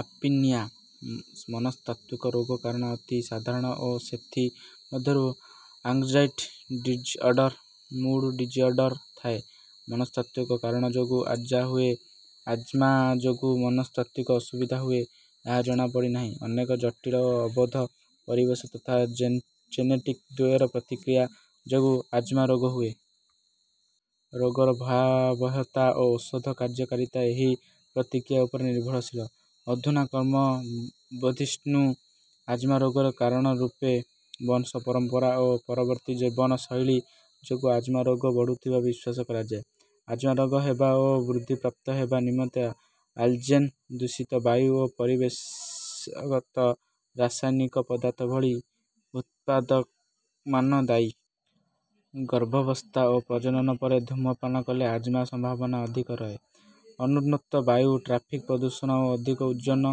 Apnoea. ମନସ୍ତାତ୍ୱିକ ରୋଗ କାରଣ ଅତି ସାଧାରଣ ଓ ସେଥି ମଧ୍ୟରୁ ଆଙ୍ଗଜାଇଟି ଡିଜ୍ଅର୍ଡର, ମୁଡ ଡିଜ୍ଅର୍ଡର ଥାଏ। ମନସ୍ତାତ୍ୱିକ କାରଣ ଯୋଗୁ ଆଜ୍ମା ହୁଏ ବା ଆଜ୍ମା ଯୋଗୁ ମନସ୍ତାତ୍ୱିକ ଅସୁବିଧା ହୁଏ, ଏହା ଜଣା ପଡ଼ିନାହିଁ। ଅନେକ ଜଟୀଳ ଓ ଅବୋଧ୍ୟ 'ପରିବେଶ ତଥା ଜେନେଟିକ ଦ୍ୱୟର ପ୍ରତିକ୍ରିୟା' ଯୋଗୁ ଆଜ୍ମା ରୋଗ ହୁଏ। ରୋଗର ଭୟାବହତା ଓ ଔଷଧ କାର୍ଯ୍ୟକାରୀତା ଏହି ପ୍ରତିକ୍ରିୟା ଉପରେ ନିର୍ଭରଶୀଳ। ଅଧୁନା କ୍ରମ ବର୍ଦ୍ଧିଷ୍ଣ୍ଣୁ ଆଜ୍ମା ରୋଗର କାରଣ ରୂପେ ବଂଶ ପରମ୍ପରା ଓ ପରିବର୍ତ୍ତୀତ ଜୀବନ ଶୈଳୀ ଯୋଗୁ ଆଜ୍ମା ରୋଗ ବଢୁଥିବା ବିଶ୍ୱାସ କରାଯାଏ। ଆଜ୍ମା ରୋଗ ହେବା ଓ ବୃଦ୍ଧି ପ୍ରାପ୍ତ ହେବା ନିମନ୍ତେ ଆଲର୍ଜେନ୍, ଦୂଷିତ ବାୟୁ ଓ ପରିବେଶଗତ ରାସାୟନିକ ପଦାର୍ଥ ଭଳି ଉର୍ପାଦକମାନ ଦାୟୀ। ଗର୍ଭାବସ୍ଥା ଓ ପ୍ରଜନନ ପରେ ଧୂମ୍ରପାନ କଲେ ଆଜ୍ମା ସମ୍ଭାବନା ଅଧିକ ରହେ। ଅନୁନ୍ନତ ବାୟୁ, ଟ୍ରାଫିକ ପ୍ରଦୂଷଣ ଓ ଅଧିକ ଓଜୋନ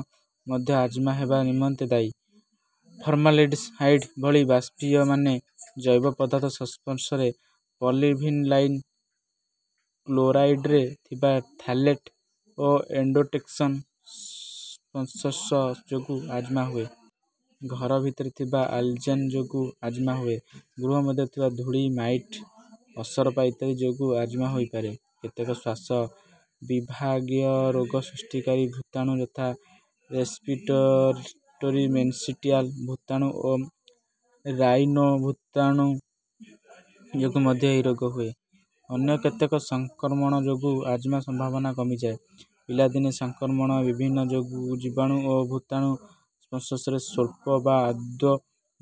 ମଧ୍ୟ ଆଜ୍ମା ହେବା ନିମନ୍ତେ ଦାୟୀ। ଫର୍ମାଲଡିହାଇଡ ଭଳି ବାଷ୍ପୀୟମାନ ଜୈବ ପଦାର୍ଥ ସଂସ୍ପର୍ଷ, ପଲିଭିନାଇଲ୍ କ୍ଲୋରାଇଡରେ ଥିବା ଥାଲେଟ ଓ ଏଣ୍ଡୋଟକ୍ସିନ ସଂସ୍ପର୍ଷ ଯୋଗୁ ଆଜ୍ମା ହୁଏ। ଘର ଭିତରେ ଥିବା ଆଲର୍ଜେନ ଯୋଗୁ ଆଜ୍ମା ହୁଏ ଗୃହ ମଧ୍ୟରେ ଥିବା ଧୂଳି ମାଇଟ୍, ଅସରପା ଇତ୍ୟାଦି ଯୋଗୁ ଆଜ୍ମା ହୋଇପାରେ। କେତେକ ଶ୍ୱାସ ବିଭାଗୀୟ ରୋଗ ସୃଷ୍ଟିକାରୀ ଭୁତାଣୁ ଯଥା ରେସ୍ପିରେଟୋରି ସିନ୍ସିଟିଆଲ୍ ଭୁତାଣୁ ଓ ରାଇନୋ ଭୁତାଣ ଯୋଗୁ ମଧ୍ୟ ଏହି ରୋଗ ହୁଏ। ଅନ୍ୟ କେତେକ ସଂକ୍ରମଣ ଯୋଗୁ ଆଜ୍ମା ସମ୍ଭାବନା କମିଯାଏ। ପିଲାଦିନେ ସଂକ୍ରମଣ ବିହୀନ ଜୀବାଣୁ ଓ ଭୁତାଣୁ ସଂସ୍ପର୍ଶରେ ସ୍ୱଳ୍ପ ବା ଆଦୌ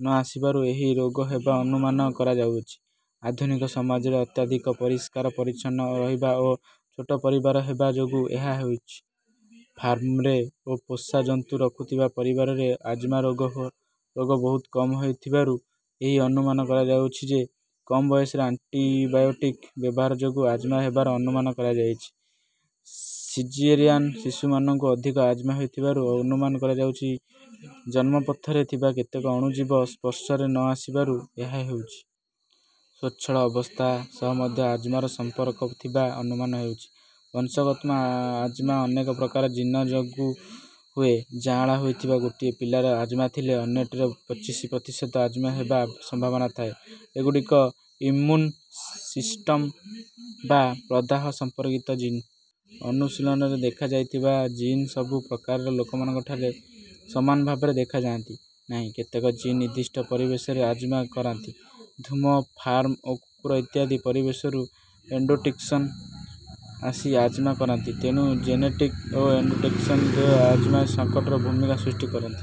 ନ ଆସିବାରୁ ଏହି ରୋଗ ହେବା ଅନୁମାନ କରାଯାଉଛି। ଆଧୁନିକ ସମାଜରେ ଅତ୍ୟଧିକ ପରିଷ୍କାର ପରିଚ୍ଛନ୍ନ ରହିବା ଓ ଛୋଟ ପରିବାର ହେବା ଯୋଗୁ ଏହା ହେଉଛି। ଫାର୍ମରେ ଓ ପୋଷା ଜନ୍ତୁ ରଖୁଥିବା ପରିବାରରେ ଆଜ୍ମା ରୋଗ ବହୁତ କମ ହେଉଥିବାରୁ ଏହି ଅନୁମାନ କରାଯାଉଛି। କମ ବୟସରେ ଆଣ୍ଟିବାୟୋଟିକ ବ୍ୟବହାର ଯୋଗୁ ଆଜ୍ମା ହେବାର ଅନୁମାନ କରାଯାଉଛି। ସିଜରିଆନ ଶିଶୁମାନଙ୍କୁ ଅଧିକ ଆଜ୍ମା ହେଉଥିବାରୁ ଅନୁମାନ କରାଯାଉଛି। ଜନ୍ମ ପଥରେ ଥିବା କେତେକ ଅଣୁଜୀବ ସଂସ୍ପର୍ଷରେ ନ ଆସିବାରୁ ଏହା ହେଉଛି। ସ୍ୱଚ୍ଛଳ ଅବସ୍ଥା ସହ ମଧ୍ୟ ଆଜ୍ମାର ସଂମ୍ପର୍କ ଥିବା ଅନୁମାନ ହେଉଛି। ବଂଶଗତ ଆଜ୍ମା ଅନେକ ପ୍ରକାର ଜୀନ ଯୋଗୁ ହୁଏ। ଯାଆଁଳା ହୋଇଥିବା ଗୋଟିଏ ପିଲାର ଆଜ୍ମା ଥିଲେ ଅନ୍ୟଟିର ପଚିଶି ପ୍ରତିଶତ ଆଜ୍ମା ହେବା ସମ୍ଭାବନା ଥାଏ। ଏଗୁଡିକ ଇମ୍ମୁନ ସିସ୍ଟମ ବା ପ୍ରଦାହ ସମ୍ପର୍କିତ ଜୀନ। ଅନୁଶୀଳନରେ ଦେଖାଯାଇଥିବା ଜୀନ ସବୁ ପ୍ରକାର ଲୋକମାନଙ୍କଠାରେ ସମାନ ଭାବରେ ଦେଖାଯାଆନ୍ତି ନାହିଁ। କେତେକ ଜୀନ ନିର୍ଦ୍ଦିଷ୍ଟ ପରିବେଶରେ ଆଜ୍ମା କରାନ୍ତି। ଧୂମ, ଫାର୍ମ ଓ କୁକୁର ଇତ୍ୟାଦି ପରିବେଶରୁ ଏଣ୍ଡୋଟକ୍ସିନ ଆସି ଆଜ୍ମା କରାନ୍ତି। ତେଣୁ ଜେନେଟିକ ଓ ଏଣ୍ଡୋଟକ୍ସିନ ଦ୍ୱୟ ଆଜ୍ମା ସଙ୍କଟର ଭୁମିକା ସୃଷ୍ଟି କରନ୍ତି।